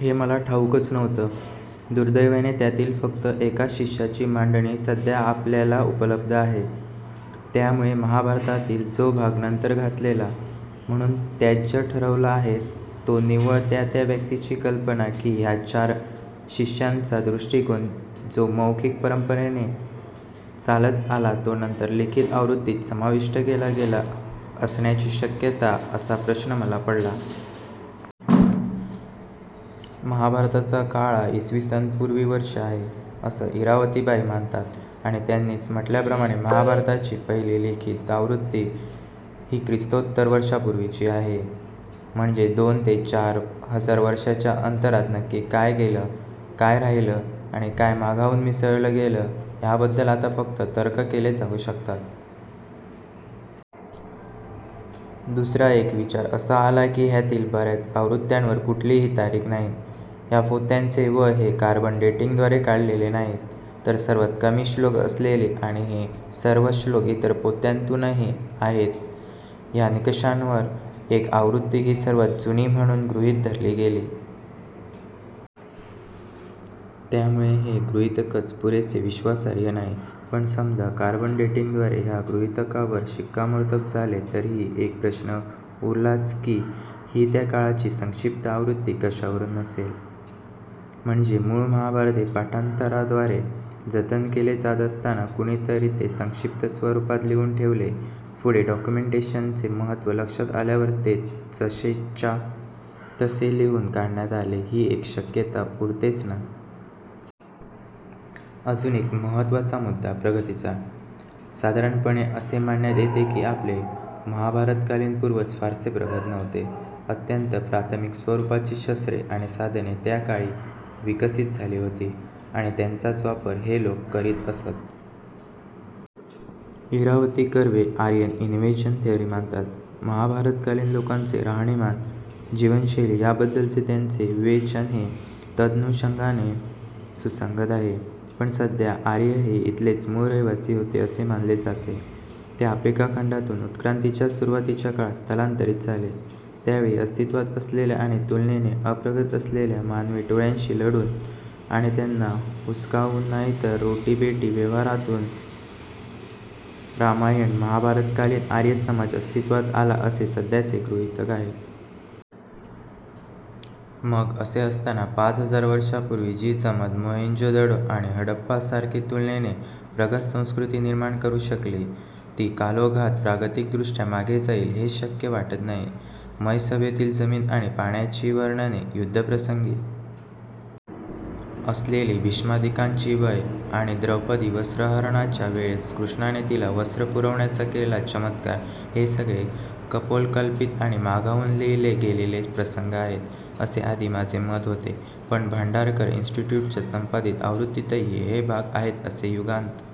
हे मला ठाऊकच नव्हतं. दुर्दैवाने त्यातील फक्त एकाच शिष्याची मांडणी सध्या आपल्याला उपलब्ध आहे. त्यामुळे महाभारतातील जो भाग नंतर घातलेला म्हणून त्याज्य ठरवला आहे तो निव्वळ त्या त्या व्यक्तीची कल्पना की ह्या चार शिष्यांचा दृष्टिकोन जो मौखिक परंपरेने चालत आला तो नंतर लिखित आवृत्तीत समाविष्ट केला गेला असण्याची शक्यता असा प्रश्न मला पडला. महाभारताचा काळ हा इ. पूर्वी वर्षे आहे असं इरावतीबाई मानतात आणि त्यांनीच म्हटल्याप्रमाणे महाभारताची पहिली लिखित आवृत्ती ही ख्रिस्तोत्तर वर्षापूर्वीची आहे. म्हणजे दोन ते चार हजार वर्षांच्या अंतरात नक्की काय गेलं काय राहिलं आणि काय मागाहून मिसळलं गेलं ह्याबद्दल आता फक्त तर्क केले जाऊ शकतात. दुसरा एक विचार असा आला की ह्यातील बऱ्याच आवृत्त्यांवर कुठलीही तारीख नाही. ह्या पोथ्यांचे वय हे कार्बन डेटिंगद्वारे काढलेले नाहीत, तर सर्वात कमी श्लोक असलेली आणि हे सर्व श्लोक इतर पोथ्यांतूनही आहेत ह्या निकषांवर एक आवृत्ती ही सर्वात जुनी म्हणून गृहीत धरली गेली. त्यामुळे हे गृहीतकच पुरेसे विश्वासार्ह नाही पण समजा कार्बन डेटिंगद्वारे ह्या गृहीतकावर शिक्कामोर्तब झाले तरीही एक प्रश्न उरलाच की ही त्या काळची संक्षिप्त आवृत्ती कशावरून नसेल? म्हणजे मूळ महाभारत हे पाठांतराद्वारे जतन केले जात असताना कुणीतरी ते संक्षिप्त स्वरूपात लिहून ठेवले पुढे डॉक्युमेंटेशनचे महत्त्व लक्षात आल्यावर ते जसेच्या तसे लिहून काढण्यात आले ही एक शक्यता उरतेच ना? अजून एक महत्त्वाचा मुद्दा प्रगतीचा. साधारणपणे असे मानण्यात येते की आपले महाभारतकालीन पूर्वज फारसे प्रगत नव्हते. अत्यंत प्राथमिक स्वरूपाची शस्त्रे आणि साधने त्या काळी विकसित झाली होती आणि त्यांचाच वापर हे लोक करीत असत. Irawati Karve Aryan invasion theory मानतात. महाभारतकालीन लोकांचे राहणीमान, जीवनशैली याबद्दलचे त्यांचे विवेचन हे तदनुषंगाने सुसंगत आहे. पण सध्या आर्य हे इथलेच मूळ रहिवासी होते असे मानले जाते. ते आफ्रिका खंडातून उत्क्रांतीच्या सुरुवातीच्या काळात स्थलांतरित झाले, त्यावेळी अस्तित्वात असलेल्या आणि तुलनेने अप्रगत असलेल्या मानवी टोळ्यांशी लढून आणि त्यांना हुसकावून नाही तर रोटीबेटी व्यवहारातून रामायण-महाभारतकालीन आर्य समाज अस्तित्वात आला असे सध्याचे गृहीतक आहे. मग असे असताना पाच हजार वर्षांपूर्वी जी जमात मोहेंजोदडो आणि हडप्पासारखी तुलनेने प्रगत संस्कृती निर्माण करू शकली ती कालौघात प्रागतिक दृष्ट्या मागे जाईल हे शक्य वाटत नाही. मयसभेतील जमीन आणि पाण्याची वर्णने, युद्धप्रसंगी असलेली भीष्मादिकांची वय, आणि द्रौपदी वस्त्रहरणाच्या वेळेस कृष्णाने तिला वस्त्र पुरवण्याचा केलेला चमत्कार हे सगळे कपोलकल्पित आणि मागाहून लिहिले गेलेले प्रसंग आहेत असे आधी माझे मत होते पण भांडारकर इन्स्टिट्यूटच्या संपादित आवृत्तीतही हे भाग आहेत असे युगांत